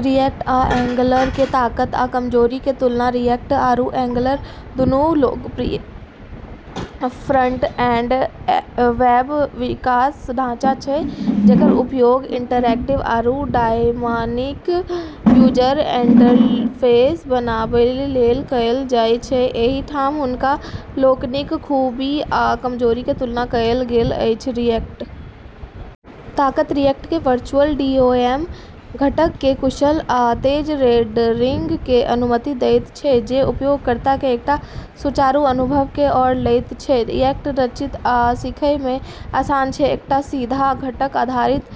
React आ Angular के ताकत आ कमजोरी के तुलना रिएक्ट आरू एंगलर दुनू लोकप्रिय फ्रंट-एंड वेब विकास ढाँचा छै जेकर उपयोग इंटरैक्टिव आरू डायनामिक यूजर इंटरफेस बनाबय लेल कयल जाय छै। एहि ठाम हुनका लोकनिक खूबी आ कमजोरी के तुलना कयल गेल अछि। रिएक्ट ताकत रिएक्ट के वर्चुअल डीओएम घटक के कुशल आ तेज रेंडरिंग के अनुमति दैत छै, जे उपयोगकर्ता के एकटा सुचारू अनुभव के ओर लैत छै। रिएक्ट लचिल आ सीखय मे आसान छै, एकटा सीधा घटक आधारित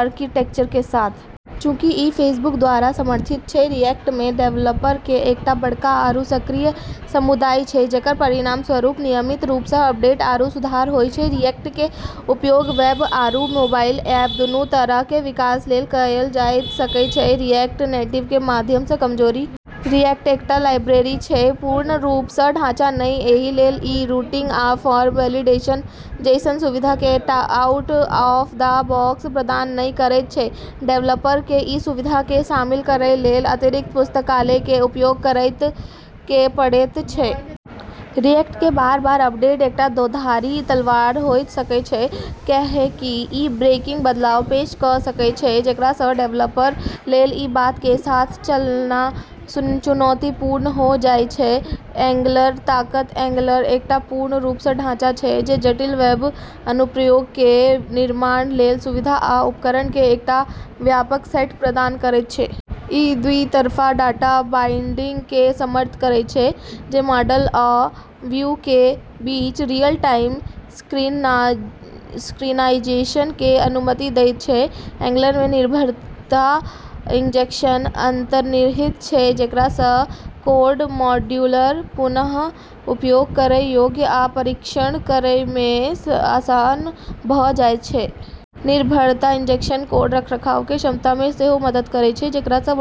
आर्किटेक्चर के साथ। चूँकि ई फेसबुक द्वारा समर्थित छै, रिएक्ट मे डेवलपर के एकटा बडका आरू सक्रिय समुदाय छै, जेकर परिणामस्वरूप नियमित रूप सँ अपडेट आरू सुधार होय छै। रिएक्ट के उपयोग वेब आरू मोबाइल ऐप दुनू तरह के विकास लेल कयल जा सकैत छै, रिएक्ट नेटिव के माध्यम सँ। कमजोरी रिएक्ट एकटा लाइब्रेरी छै, पूर्ण रूप सँ ढाँचा नहि, एही लेल इ रूटिंग आ फॉर्म वैलिडेशन जैसन सुविधा के आउट-ऑफ-द-बॉक्स प्रदान नहि करैत छै। डेवलपर के इ सुविधा के शामिल करय लेल अतिरिक्त पुस्तकालय के उपयोग करय के पड़ैत छै। रिएक्ट के बार-बार अपडेट एकटा दोधारी तलवार होय सकैत छै, काहेकि ई ब्रेकिंग बदलाव पेश कय सकैत छै, जेकरा सँ डेवलपर लेल ई बात के साथ चलना चुनौतीपूर्ण होय जाय छै। एंगलर ताकत एंगलर एकटा पूर्ण रूप सँ ढाँचा छै, जे जटिल वेब अनुप्रयोग के निर्माण लेल सुविधा आ उपकरण के एकटा व्यापक सेट प्रदान करैत छै। इ द्वि-तरफा डाटा बाइंडिंग के समर्थन करैत छै, जे मॉडल आ व्यू के बीच रियल-टाइम सिंक्रनाइजेशन के अनुमति दैत छै। एंगलर मे निर्भरता इंजेक्शन अंतर्निहित छै, जेकरा सँ कोड मॉड्यूलर, पुन: उपयोग करय योग्य, आ परीक्षण करय मे आसान भ जाइत छै। निर्भरता इंजेक्शन कोड रखरखाव के क्षमता मे सेहो मदद करैत छै, जेकरा सँ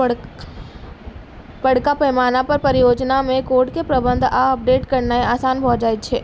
बडका पैमाना पर परियोजना मे कोड के प्रबंधन आ अपडेट करनाय आसान भ जाइत छै।